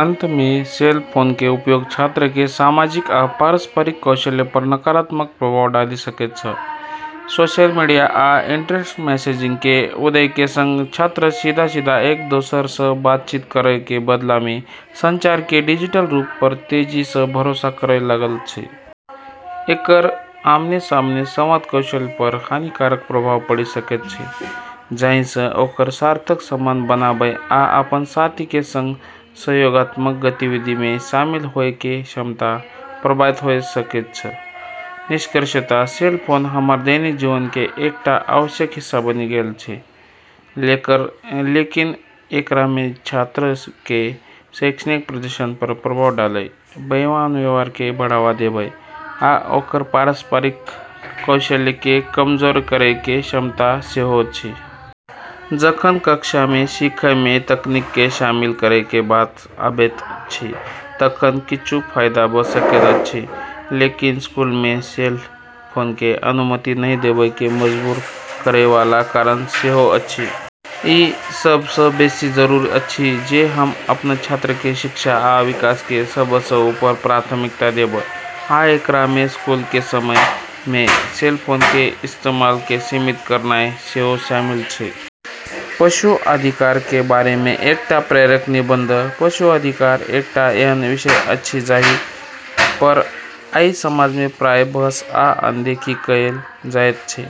अंत मे, cell phone के उपयोग छात्र के सामाजिक आ पारस्परिक कौशल पर नकारात्मक प्रभाव डालि सकैत अछि। सोशल मीडिया आ इंस्टेंट मैसेजिंग के उदय के संग छात्र सीधा-सीधा एक-दोसर सँ बातचीत करय के बदला मे संचार के डिजिटल रूप पर तेजी सँ भरोसा करय लागल अछि। एकर आमने-सामने संवाद कौशल पर हानिकारक प्रभाव पड़ि सकैत अछि, जाहि सँ ओकर सार्थक संबंध बनाबय आ अपन साथी के संग सहयोगात्मक गतिविधि मे शामिल होय के क्षमता प्रभावित होय सकैत अछि। निष्कर्षतः, सेल फोन हमर दैनिक जीवन के एकटा आवश्यक हिस्सा बनि गेल अछि, लेकिन एकरा मे छात्र के शैक्षणिक प्रदर्शन पर प्रभाव डालय, बेईमान व्यवहार के बढ़ावा देबय, आ ओकर पारस्परिक कौशल के कमजोर करय के क्षमता सेहो अछि। जखन कक्षा मे सीखय मे तकनीक के शामिल करय के बात आबैत अछि तखन किछु फायदा भ सकैत अछि, लेकिन स्कूल मे सेल फोन के अनुमति नहि देबय के मजबूर करय वाला कारण सेहो अछि। ई सभ सँ बेसी जरूरी अछि जे हम अपन छात्र के शिक्षा आ विकास के सभ सँ ऊपर प्राथमिकता देब, आ एकरा मे स्कूल के समय मे सेल फोन के इस्तेमाल के सीमित करनाय सेहो शामिल अछि। पशु अधिकार के बारे मे एकटा प्रेरक निबंध: पशु अधिकार एकटा एहन विषय अछि जाहि पर आइ समाज मे प्रायः बहस आ अनदेखी कएल जाएत अछि।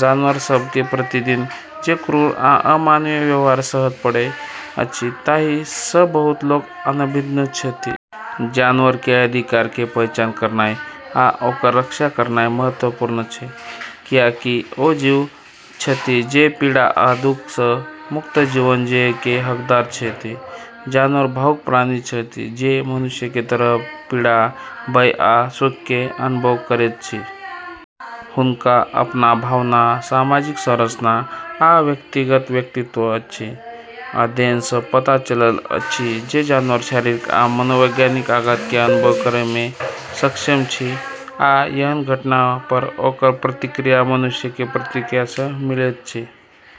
जानवर सभ के प्रतिदिन जे क्रूर आ अमानवीय व्यवहार सहय पड़ैत अछि ताहि सँ बहुत लोक अनभिज्ञ छथि। जानवर के अधिकार के पहचान करनाय आ ओकर रक्षा करनाय महत्वपूर्ण अछि, कियाकि ओ जीव छथि जे पीड़ा आ दुख सँ मुक्त जीवन जियय के हकदार छथि। जानवर भावुक प्राणी छथि जे मनुष्य के तरह पीड़ा, भय आ सुख के अनुभव करैत छथि। हुनका अपन भावना, सामाजिक संरचना, आ व्यक्तिगत व्यक्तित्व अछि। अध्ययन सँ पता चलल अछि जे जानवर शारीरिक आ मनोवैज्ञानिक आघात के अनुभव करय मे सक्षम छथि, आ एहन घटना पर ओकर प्रतिक्रिया मनुष्य के प्रतिक्रिया सँ मिलैत अछि।